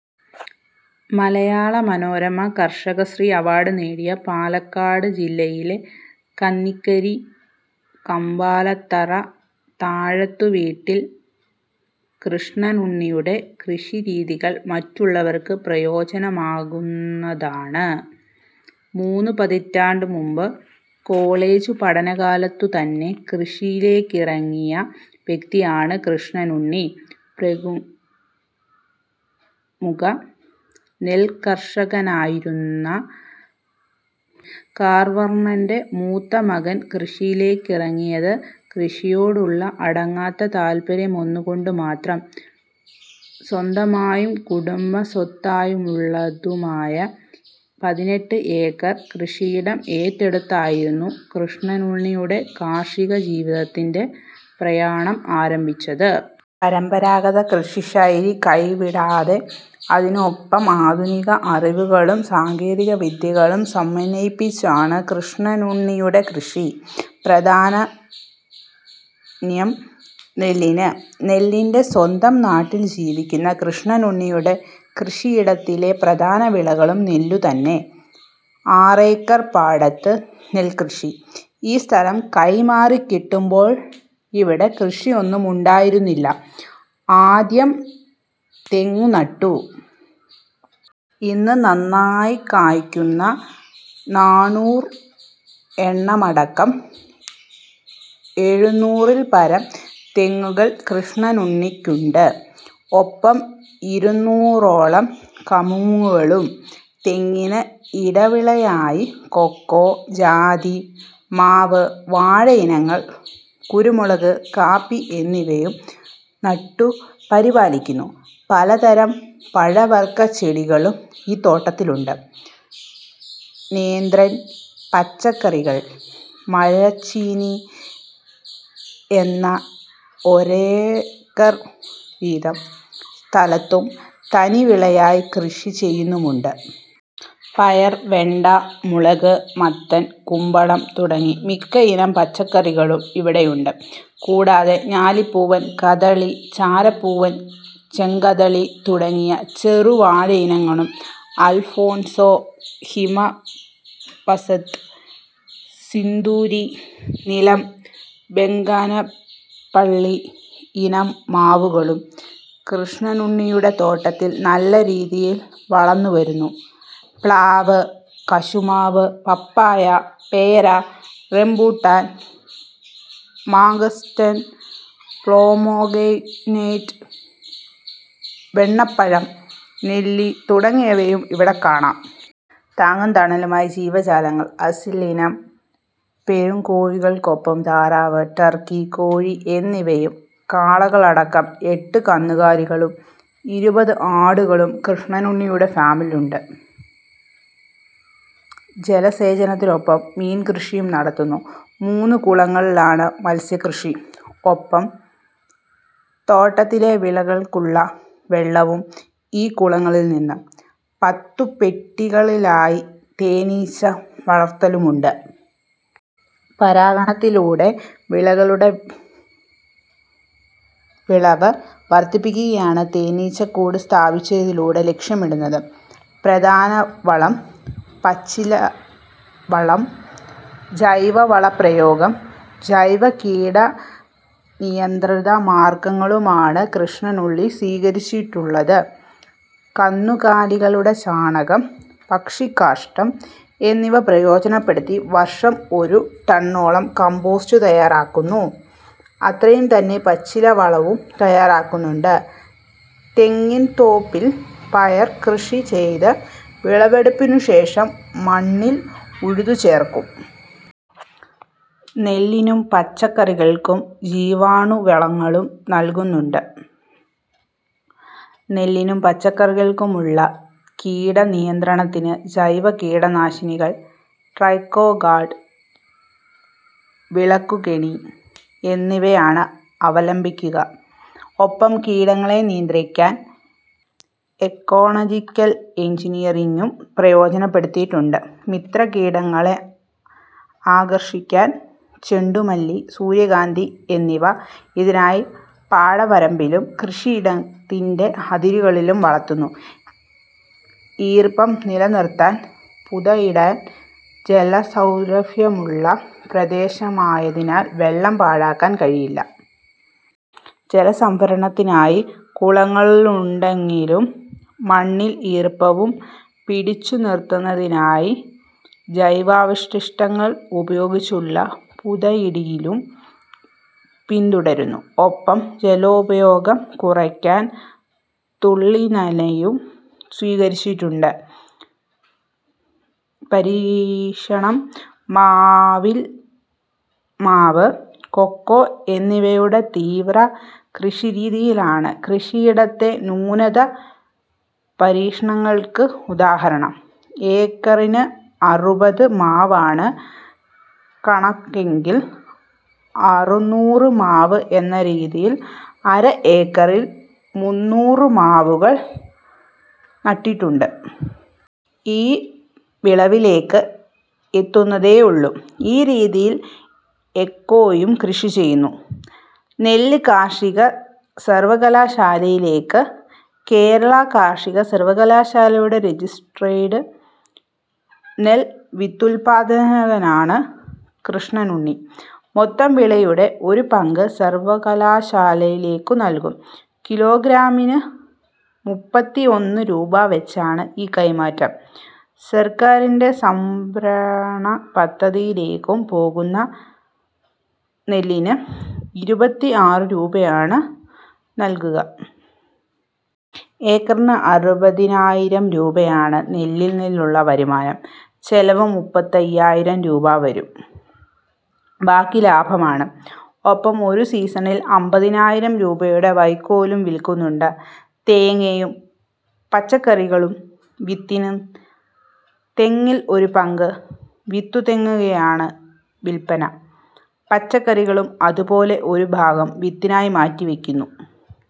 മലയാള Manorama Karshakasree award നേടിയ പാലക്കാട് ജില്ലയിലെ കന്നിക്കരി കമ്പാലത്തറ താഴത്തുവീട്ടിൽ കൃഷ്ണനുണ്ണിയുടെ കൃഷിരീതികൾ മറ്റുള്ളവർക്ക് പ്രചോദനമാക്കാവുന്നതാണ്. മൂന്നു പതിറ്റാണ്ടു മുമ്പ് കോളജ് പഠനകാലത്തുതന്നെ കൃഷിയിലേക്കിറങ്ങിയ വ്യക്തിയാണ് കൃഷ്ണനുണ്ണി. പ്രമുഖ നെൽക്കർഷകനായിരുന്ന കാർവർണന്റെ മൂത്ത മകൻ കൃഷിയിലേക്കിറങ്ങിയത് കൃഷിയിയോടുള്ള അടങ്ങാത്ത താൽപര്യമൊന്നുകൊണ്ടു മാത്രം. സ്വന്തമായും കുടുംബസ്വത്തായുള്ളതുമായ പതിനെട്ട് ഏക്കർ കൃഷിയിടം ഏറ്റെടുത്തായിരുന്നു കൃഷ്ണനുണ്ണിയുടെ കാർഷിക ജീവിതത്തിന്റെ പ്രയാണം ആരംഭിച്ചത്. പരമ്പരാഗത കൃഷിശൈലി കൈവിടാതെ അതിനൊപ്പം ആധുനിക അറിവുകളും സാങ്കേതികവിദ്യകളും സമന്വയിപ്പിച്ചാണ് കൃഷ്ണനുണ്ണിയുടെ കൃഷി. പ്രാധാന്യം നെല്ലിന്. നെല്ലിന്റെ സ്വന്തം നാട്ടിൽ ജീവിക്കുന്ന കൃഷ്ണനുണ്ണിയുടെ കൃഷിയിടത്തിലെ പ്രധാന വിളയും നെല്ലു തന്നെ. ആറേക്കർ പാടത്ത് നെൽകൃഷി. ഈ സ്ഥലം കൈമാറിക്കിട്ടുമ്പോൾ ഇവിടെ കൃഷിയൊന്നുമുണ്ടായിരുന്നില്ല. ആദ്യം തെങ്ങു നട്ടു. ഇന്ന് നന്നായി കായ്ക്കുന്ന നാണൂർ എണ്ണമടക്കം എഴുനൂറിൽപ്പരം തെങ്ങുങ്ങൾ കൃഷ്ണനുണ്ണിക്കുണ്ട്. ഒപ്പം ഇരുന്നൂറോളം കമുകുകളും. തെങ്ങിന് ഇടവിളയായി കൊക്കോ, ജാതി, മാവ്, വാഴയിനങ്ങൾ, കുരുമുളക്, കാപ്പി എന്നിവയും നട്ടു പരിപാലിക്കുന്നു. പലതരം പഴവർഗച്ചെടികളും ഈ തോട്ടത്തിലുണ്ട്. നേന്ത്രൻ, പച്ചക്കറികൾ, മരച്ചീനി എന്ന ഒരേക്കർ വീതം സ്ഥലത്തു തനിവിളയായി കൃഷി ചെയ്യുന്നുമുണ്ട്. പയർ, വെണ്ട, മുളക്, മത്തൻ, കുമ്പളം തുടങ്ങി മിക്ക ഇനം പച്ചക്കറികളും ഇവിടെയുണ്ട്. കൂടാതെ ഞാലിപ്പൂവൻ, കദളി, ചാരപ്പൂവൻ, ചെങ്കദളി തുടങ്ങിയ ചെറു വാഴയിനങ്ങളും അൽഫോൻസോ, ഹിമ പസന്ത്, സിന്ദൂരി, നീലം, ബംഗനപ്പള്ളി ഇനം മാവുകളും കൃഷ്ണനുണ്ണിയുടെ തോട്ടത്തിൽ നല്ല രീതിയിൽ വളർന്നുവരുന്നു. പ്ലാവ്, കശുമാവ്, പപ്പായ, പേര, റംബുട്ടാൻ, മാഗോസ്റ്റൻ, പൊമോഗ്രനേറ്റ്, വെണ്ണപ്പഴം, നെല്ലി തുടങ്ങിയവയും ഇവിടെ കാണാം. താങ്ങും തണലുമായി ജീവജാലങ്ങൾ അസീൽ ഇനം പോരുകോഴികൾക്കൊപ്പം താറാവ്, ടർക്കി, കോഴി എന്നിവയും കാളകളടക്കം എട്ടു കന്നുകാലികളും ഇരുപത് ആടുകളും കൃഷ്ണനുണ്ണിയുടെ ഫാമിലുണ്ട്. ജലസേചനത്തിനൊപ്പം മീൻകൃഷിയും നടത്തുന്നു. മൂന്നു കുളങ്ങളിലാണ് മത്സ്യകൃഷി. ഒപ്പം തോട്ടത്തിലെ വിളകൾക്കുള്ള വെള്ളവും ഈ കുളങ്ങളിൽനിന്ന്. പത്തു പെട്ടികളിലായി തേനിച്ച വളർത്തലുമുണ്ട്. പരാഗണത്തിലൂടെ വിളകളുടെ വിളവ് വർധിപ്പിക്കുകയാണ് തേനീച്ചക്കൂട് സ്ഥാപിച്ചതിലൂടെ ലക്ഷ്യമിടുന്നത്. പ്രധാന വളം പച്ചിലവളം ജൈവവളപ്രയോഗവും ജൈവ കീടനിയന്ത്രണമാർഗങ്ങളുമാണ് കൃഷ്ണനുണ്ണി സ്വീകരിച്ചിട്ടുള്ളത്. കന്നുകാലികളുടെ ചാണകം, പക്ഷിക്കാഷ്ഠം എന്നിവ പ്രയോജനപ്പെടുത്തി വർഷം ഒരു ടണ്ണോളം കംപോസ്റ്റ് തയാറാക്കുന്നു. അത്രയുംതന്നെ പച്ചിലവളവും തയാറാക്കുന്നുണ്ട്. തെങ്ങിൻതോപ്പിൽ പയർ കൃഷി ചെയ്ത് വിളവെടുപ്പിനുശേഷം മണ്ണിൽ ഉഴുതു ചേർക്കും. നെല്ലിനും പച്ചക്കറികൾക്കും ജീവാണുവളങ്ങളും നൽകുന്നുണ്ട്. നെല്ലിനും പച്ചക്കറികൾക്കുമുള്ള കീടനിയന്ത്രണത്തിന് ജൈവകീടനാശിനികൾ, ട്രൈക്കോ കാർഡ്, വിളക്കുകെണി എന്നിവയാണ് അവലംബിക്കുക. ഒപ്പം കീടങ്ങളെ നിയന്ത്രിക്കാൻ ഇക്കോളജിക്കൽ എൻജിനിയറിങ്ങും പ്രയോജനപ്പെടുത്തിയിട്ടുണ്ട്. മിത്രകീടങ്ങളെ ആകർഷിക്കാൻ ചെണ്ടുമല്ലി, സൂര്യകാന്തി എന്നിവ ഇതിനായി പാടവരമ്പിലും കൃഷിയിടത്തിന്റെ അതിരിലും വളർത്തുന്നു. ഈർപ്പം നിലനിർത്താൻ പുതയിടൽ ജലദൗർലഭ്യമുള്ള പ്രദേശമായതിനാൽ വെള്ളം പാഴാക്കാൻ കഴിയില്ല. ജലസംഭരണത്തിനായി കുളങ്ങളുണ്ടെങ്കിലും മണ്ണിൽ ഈർപ്പം പിടിച്ചുനിർത്താനായി ജൈവാവശിഷ്ടങ്ങൾ ഉപയോഗിച്ചുള്ള പുതയിടലും പിന്തുടരുന്നു. ഒപ്പം ജലോപയോഗം കുറയ്ക്കാൻ തുള്ളിനനയും സ്വീകരിച്ചിട്ടുണ്ട്. പരീക്ഷണം മാവിൽ മാവ്, കൊക്കോ എന്നിവയുടെ തീവ്ര കൃഷിരീതിയിലാണ് കൃഷിയിടത്തെ നൂതന ക്ഷണങ്ങൾക്ക് ഉദാഹരണം. ഏക്കറിന് അറുപത് മാവാണ് കണക്കെങ്കിൽ അറുനൂറ് മാവ് എന്ന രീതിയിൽ അര ഏക്കറിൽ മുന്നൂറ് മാവുകൾ നട്ടിട്ടുണ്ട്. ഇവ വിളവിലേക്ക് എത്തുന്നതേയുള്ളൂ. ഈ രീതിയിൽ എക്കോയും കൃഷി ചെയ്യുന്നു. നെല്ല് കാർഷിക സർവകലാശാലയിലേക്ക് കേരള കാർഷിക സർവകലാശാലയുടെ റജിസ്ടേർഡ് നെൽവിത്തുൽപാദകനാണ് കൃഷ്ണനുണ്ണി. മൊത്തം വിളവിന്റെ ഒരു പങ്ക് സർവകലാശാലയ്ക്കു നൽകും. കിലോഗ്രാമിന് മുപ്പത്തിഒന്ന് രൂപ വച്ചാണ് ഈ കൈമാറ്റം. സർക്കാരിന്റെ സംഭരണപദ്ധതിയിലേക്കു പോകുന്ന നെല്ലിന് ഇരുപത്തിആറ് രൂപയാണ് നല്കുക. ഏക്കറിന് അറുപതിനായിരം രൂപയാണ് നെല്ലിൽനിന്നുള്ള വരുമാനം. ചെലവ് മുപ്പത്തിഅയ്യായിരം രൂപ വരും. ബാക്കി ലാഭമാണ്. ഒപ്പം ഒരു സീസണിൽ അമ്പതിനായിരം രൂപയുടെ വൈക്കോലും വിൽക്കുന്നുണ്ട്. തേങ്ങയും പച്ചക്കറികളും വിത്തിന് തെങ്ങിൽ ഒരു പങ്ക് വിത്തുതെങ്ങകയാണ് വിൽപന. പച്ചക്കറികളും അതുപോലെ ഒരു ഭാഗം വിത്തിനായി മാറ്റിവയ്ക്കുന്നു.